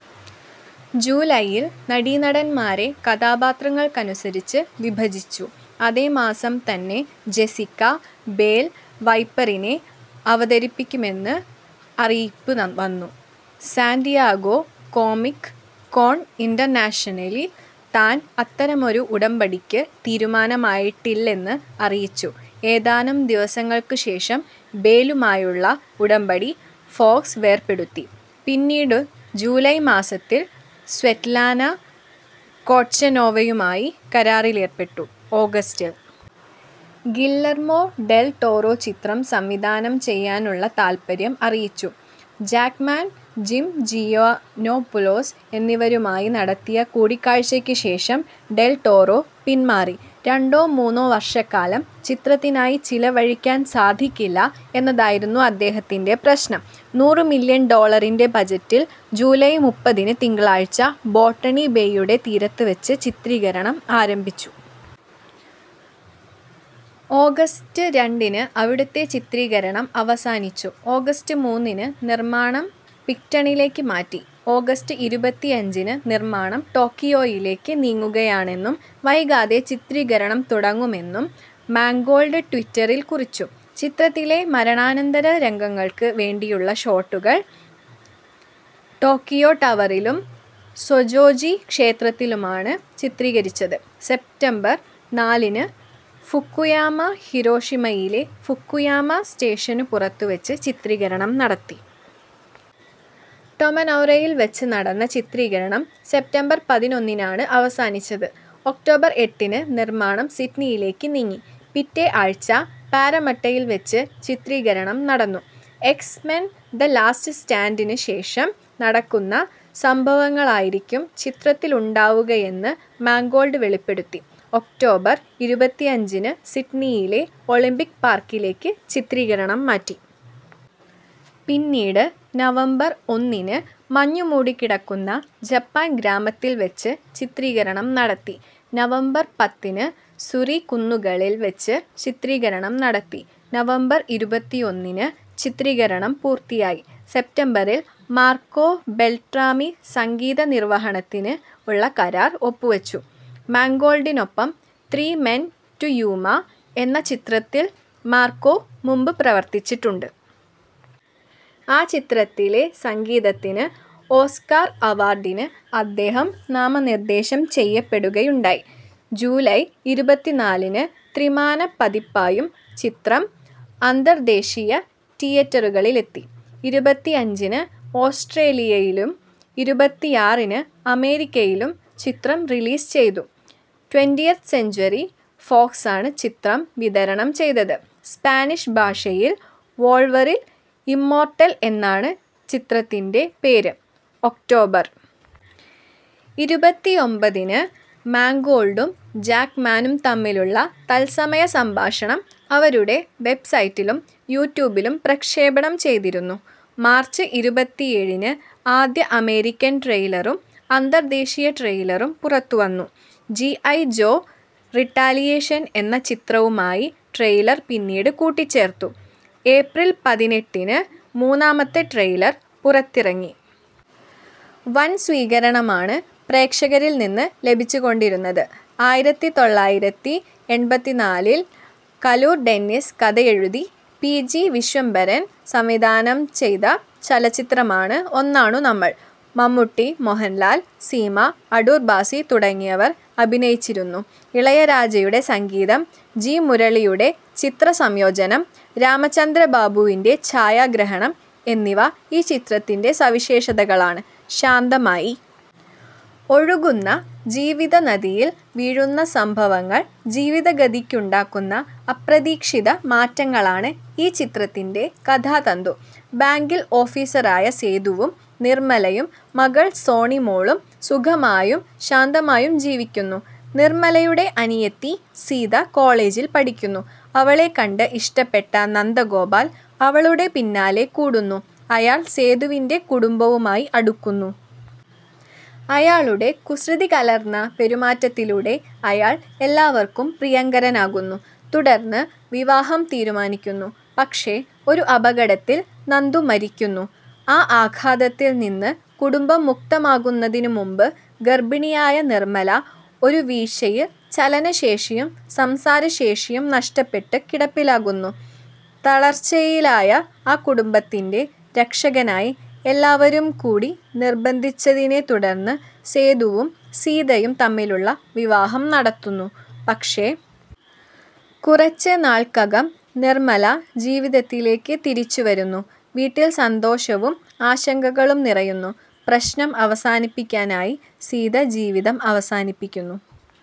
ജൂലൈയിൽ നടീനടന്മാരെ കഥാപാത്രങ്ങൾക്കനുസരിച്ച് വിഭജിച്ചു. അതേ മാസം തന്നെ ജെസ്സിക്ക ബേൽ വൈപ്പറിനെ അവതരിപ്പിക്കുമെന്ന് അറിയിപ്പുവന്നു. സാൻ ഡിയേഗോ കോമിക് കോൺ ഇന്റർനാഷണലിൽ താൻ അത്തരമൊരു ഉടമ്പടിക്ക് തീരുമാനമായിട്ടില്ലെന്ന് അറിയിച്ചു. ഏതാനും ദിവസങ്ങൾക്ക് ശേഷം ബേലുമായുള്ള ഉടമ്പടി ഫോക്സ് വേർപെടുത്തി. പിന്നീട് ജൂലൈ മാസത്തിൽ സ്വെറ്റ്ലാന കൊട്ചെനോവയുമായി കരാറിലേർപ്പെട്ടു. ഓഗസ്റ്റിൽ ഗില്ലർമോ ഡെൽ ടോറോ ചിത്രം സംവിധാനം ചെയ്യാനുള്ള താൽപര്യം അറിയിച്ചു. ജാക്ക്മാൻ, ജിം ജിയാനോപുലോസ് എന്നിവരുമായി നടത്തിയ കൂടിക്കാഴ്ചയ്ക്ക് ശേഷം ഡെൽ ടോറോ പിന്മാറി. രണ്ടോ മൂന്നോ വർഷക്കാലം ചിത്രത്തിനായി ചെലവഴിക്കാൻ സാധിക്കില്ല എന്നതായിരുന്നു അദ്ദേഹത്തിൻ്റെ പ്രശ്നം.നൂറ് മില്യൺ ഡോളറിൻ്റെ ബജറ്റിൽ ജൂലൈ മുപ്പതിന് തിങ്കളാഴ്ച ബോട്ടണി ബേയുടെ തീരത്ത് വച്ച് ചിത്രീകരണം ആരംഭിച്ചു. ഓഗസ്റ്റ് രണ്ടിന് അവിടുത്തെ ചിത്രീകരണം അവസാനിച്ചു. ഓഗസ്റ്റ് മൂന്നിന് നിർമ്മാണം പിക്ടണിലേക്ക് മാറ്റി. ഓഗസ്റ്റ് ഇരുപത്തിയഞ്ചിന് നിർമ്മാണം ടോക്കിയോയിലേക്ക് നീങ്ങുകയാണെന്നും വൈകാതെ ചിത്രീകരണം തുടങ്ങുമെന്നും മാങ്കോൾഡ് ട്വിറ്ററിൽ കുറിച്ചു. ചിത്രത്തിലെ മരണാനന്തര രംഗങ്ങൾക്ക് വേണ്ടിയുള്ള ഷോട്ടുകൾ ടോക്കിയോ ടവറിലും സോജോജി ക്ഷേത്രത്തിലുമാണ് ചിത്രീകരിച്ചത്. സെപ്റ്റംബർ നാലിന് ഫുകുയാമ, ഹിരോഷിമയിലെ ഫുകുയാമ സ്റ്റേഷനു പുറത്തുവച്ച് ചിത്രീകരണം നടത്തി. ടൊമനൗറയിൽ വച്ച് നടന്ന ചിത്രീകരണം സെപ്റ്റംബർ പതിനൊന്നിനാണ് അവസാനിച്ചത്. ഒക്ടോബർ എട്ടിന് നിർമ്മാണം സിഡ്നിയിലേക്ക് നീങ്ങി. പിറ്റേ ആഴ്ച പാരമട്ടയിൽ വച്ച് ചിത്രീകരണം നടന്നു. എക്സ് മെൻ ദ ലാസ്റ്റ് സ്റ്റാൻഡിന് ശേഷം നടക്കുന്ന സംഭവങ്ങളായിരിക്കും ചിത്രത്തിലുണ്ടാവുകയെന്ന് മാങ്കോൾഡ് വെളിപ്പെടുത്തി. ഒക്ടോബർ ഇരുപത്തിയഞ്ചിന് സിഡ്നിയിലെ ഒളിമ്പിക് പാർക്കിലേക്ക് ചിത്രീകരണം മാറ്റി. പിന്നീട് നവംബർ ഒന്നിന് മഞ്ഞുമൂടിക്കിടക്കുന്ന ജപ്പാൻ ഗ്രാമത്തിൽ വച്ച് ചിത്രീകരണം നടത്തി. നവംബർ പത്തിന് സുറി കുന്നുകളിൽ വച്ച് ചിത്രീകരണം നടത്തി. നവംബർ ഇരുപത്തിയൊന്നിന് ചിത്രീകരണം പൂർണമായി. സെപ്റ്റംബറിൽ മാർക്കോ ബെൽട്രാമി സംഗീത നിർവഹണത്തിന് ഉള്ള കരാർ ഒപ്പുവച്ചു. മാങ്കോൾഡിനൊപ്പം ത്രീ മെൻ ടു യൂമ എന്ന ചിത്രത്തിൽ മാർക്കോ മുമ്പ് പ്രവർത്തിച്ചിട്ടുണ്ട്. ആ ചിത്രത്തിലെ സംഗീതത്തിന് ഓസ്കർ അവാർഡിന് അദ്ദേഹം നാമനിർദ്ദേശം ചെയ്യപ്പെടുകയുണ്ടായി. ജൂലൈ ഇരുപത്തിനാലിന് ത്രിമാന പതിപ്പായും ചിത്രം അന്തർദേശീയ തിയേറ്ററുകളിലെത്തി. ഇരുപത്തിയഞ്ചിന് ഓസ്ട്രേലിയയിലും ഇരുപത്തിയാറിന് അമേരിക്കയിലും ചിത്രം റിലീസ് ചെയ്തു. ട്വന്റിയത്ത് സെഞ്ച്വറി ഫോക്സാണ് ചിത്രം വിതരണം ചെയ്തത്. സ്പാനിഷ് ഭാഷയിൽ വോൾവറിൻ ഇമ്മോർട്ടൽ എന്നാണ് ചിത്രത്തിൻ്റെ പേര്. ഒക്ടോബർ ഇരുപത്തിയൊമ്പതിന് മാങ്കോൾഡും ജാക്ക്മാനും തമ്മിലുള്ള തത്സമയ സംഭാഷണം അവരുടെ വെബ്സൈറ്റിലും യൂട്യൂബിലും പ്രക്ഷേപണം ചെയ്തിരുന്നു. മാർച്ച് ഇരുപത്തിയേഴിന് ആദ്യ അമേരിക്കൻ ട്രെയിലറും അന്തർദേശീയ ട്രെയിലറും പുറത്തുവന്നു. ജി ഐ ജോ റിടാലിയേഷൻ എന്ന ചിത്രവുമായി ട്രെയിലർ പിന്നീട് കൂട്ടിച്ചേർത്തു. ഏപ്രിൽ പതിനെട്ടിന് മൂന്നാമത്തെ ട്രെയിലർ പുറത്തിറങ്ങി. വൻ സ്വീകരണമാണ് പ്രേക്ഷകരിൽ നിന്ന് ലഭിച്ചുകൊണ്ടിരുന്നത്. ആയിരത്തി തൊള്ളായിരത്തി എൺപത്തിനാലിൽ കലൂർ ഡെന്നീസ് കഥയെഴുതി പി ജി വിശ്വംഭരൻ സംവിധാനം ചെയ്ത ചലച്ചിത്രമാണ് ഒന്നാണു നമ്മൾ. മമ്മൂട്ടി, മോഹൻലാൽ, സീമ, അടൂർ ഭാസി തുടങ്ങിയവർ അഭിനയിച്ചിരുന്നു. ഇളയരാജയുടെ സംഗീതം, ജി മുരളിയുടെ ചിത്രസംയോജനം, രാമചന്ദ്രബാബുവിൻ്റെ ഛായാഗ്രഹണം എന്നിവ ഈ ചിത്രത്തിൻ്റെ സവിശേഷതകളാണ്. ശാന്തമായി ഒഴുകുന്ന ജീവിതനദിയിൽ വീഴുന്ന സംഭവങ്ങൾ ജീവിതഗതിക്കുണ്ടാക്കുന്ന അപ്രതീക്ഷിത മാറ്റങ്ങളാണ് ഈ ചിത്രത്തിൻ്റെ കഥാതന്തു. ബാങ്കിൽ ഓഫീസറായ സേതുവും നിർമ്മലയും മകൾ സോണിമോളും സുഖമായും ശാന്തമായും ജീവിക്കുന്നു. നിർമ്മലയുടെ അനിയത്തി സീത കോളജിൽ പഠിക്കുന്നു. അവളെ കണ്ട് ഇഷ്ടപ്പെട്ട നന്ദഗോപാൽ അവളുടെ പിന്നാലെ കൂടുന്നു. അയാൾ സേതുവിൻ്റെ കുടുംബവുമായി അടുക്കുന്നു. അയാളുടെ കുസൃതികലർന്ന പെരുമാറ്റത്തിലൂടെ അയാൾ എല്ലാവർക്കും പ്രിയങ്കരനാകുന്നു. തുടർന്ന് വിവാഹം തീരുമാനിക്കുന്നു. പക്ഷേ ഒരു അപകടത്തിൽ നന്ദു മരിക്കുന്നു. ആ ആഘാതത്തിൽ നിന്ന് കുടുംബം മുക്തമാകുന്നതിന് മുമ്പ് ഗർഭിണിയായ നിർമ്മല ഒരു വീഴ്ചയിൽ ചലനശേഷിയും സംസാരശേഷിയും നഷ്ടപ്പെട്ട് കിടപ്പിലാകുന്നു. തളർച്ചയിലായ ആ കുടുംബത്തിൻ്റെ രക്ഷയ്കനായി എല്ലാവരും കൂടി നിർബന്ധിച്ചതിനെ തുടർന്ന് സേതുവും സീതയും തമ്മിലുള്ള വിവാഹം നടത്തുന്നു. പക്ഷേ കുറച്ച് നാൾക്കകം നിർമ്മല ജീവിതത്തിലേക്ക് തിരിച്ചുവരുന്നു. വീട്ടിൽ സന്തോഷവും ആശങ്കകളും നിറയുന്നു. പ്രശ്നം അവസാനിപ്പിക്കാനായി സീത ജീവിതം അവസാനിപ്പിക്കുന്നു